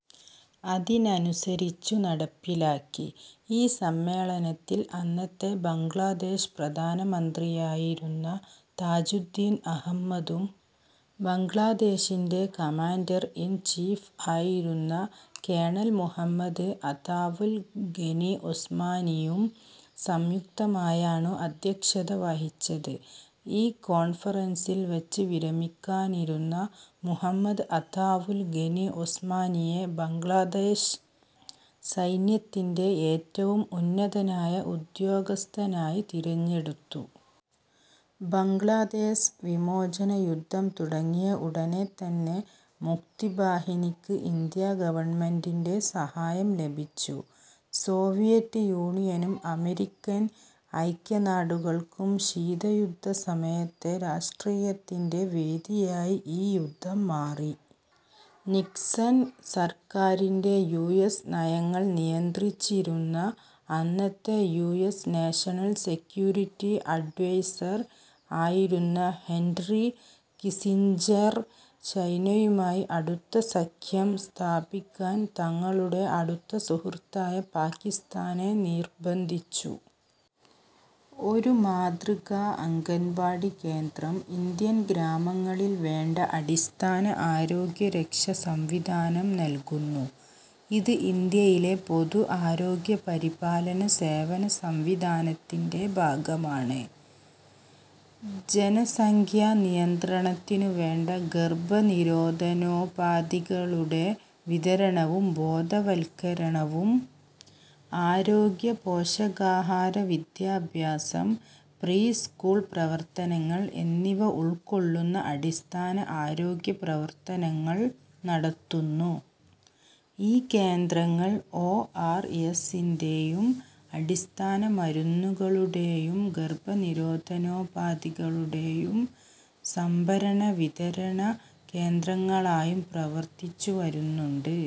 അതിനനുസരിച്ചു നടപ്പിലാക്കി. ഈ സമ്മേളനത്തിൽ അന്നത്തെ ബംഗ്ലാദേശ് പ്രധാനമന്ത്രിയായിരുന്ന താജുദ്ദീൻ അഹമ്മദും, ബംഗ്ലാദേശിന്റെ കമാന്റർ ഇൻ ചീഫ് ആയിരുന്ന കേണൽ മുഹമ്മദ് അതാവുൽ ഗനി ഒസ്മാനിയും സംയുക്തമായാണു അദ്ധ്യക്ഷത വഹിച്ചത്. ഈ കോൺഫറൻസിൽ വച്ച് വിരമിക്കാനിരുന്ന മുഹമ്മദ് അതാവുൽ ഗനി ഒസ്മാനിയെ ബംഗ്ലാദേശ് സൈന്യത്തിന്റെ ഏറ്റവും ഉന്നതനായ ഉദ്യോഗസ്ഥനായി തിരഞ്ഞെടുത്തു. ബംഗ്ലാദേസ് വിമോചന യുദ്ധം തുടങ്ങിയ ഉടനെതന്നെ മുക്തിബാഹിനിക്ക് ഇന്ത്യാ ഗവണ്മെന്റിന്റെ സഹായം ലഭിച്ചു. സോവിയറ്റ് യൂണിയനും അമെരിക്കൻ ഐക്യനാടുകൾക്കും ശീതയുദ്ധസമയത്തെ രാഷ്ട്രീയത്തിന്റെ വേദിയായി ഈ യുദ്ധം മാറി. നിക്സൻ സർക്കാരിന്റെ യു എസ് നയങ്ങൾ നിയന്ത്രിച്ചിരുന്ന അന്നത്തെ U S national security adviser ആയിരുന്ന ഹെന്റ്റി കിസിഞ്ചർ ചൈനയുമായി അടുത്ത സഖ്യം സ്ഥാപിക്കാൻ തങ്ങളുടെ അടുത്ത സുഹൃത്തായ പാകിസ്താനെ നിർബന്ധിച്ചു. ഒരു മാതൃകാ അംഗൻവാടികേന്ദ്രം ഇന്ത്യൻ ഗ്രാമങ്ങളിൽ വേണ്ട അടിസ്ഥാന ആരോഗ്യരക്ഷ സംവിധാനം നൽകുന്നു. ഇത് ഇന്ത്യയിലെ പൊതു ആരോഗ്യപരിപാലനസേവനസംവിധാനത്തിന്റെ ഭാഗമാണ്. ജനസംഖ്യാനിയന്ത്രണത്തിനുവേണ്ട ഗർഭനിരോധനോപാധികളുടെ വിതരണവും ബോധവത്കരണവും, ആരോഗ്യ പോഷകാഹാരവിദ്യാഭ്യാസം, പ്രീസ്കൂൾ പ്രവർത്തനങ്ങൾ എന്നിവ ഉൾക്കൊള്ളുന്ന അടിസ്ഥാന ആരോഗ്യപ്രവത്തനങ്ങൾ നടത്തുന്നു. ഈ കേന്ദ്രങ്ങൾ, ഒ. ആർ. എസ്ന്റെയും അടിസ്ഥാന മരുന്നുകളുടെയും ഗർഭനിരോധനോപാധികളുടെയും സംഭരണവിതരണ കേന്ദ്രങ്ങളായും പ്രവർത്തിച്ചുവരുന്നുണ്ട്.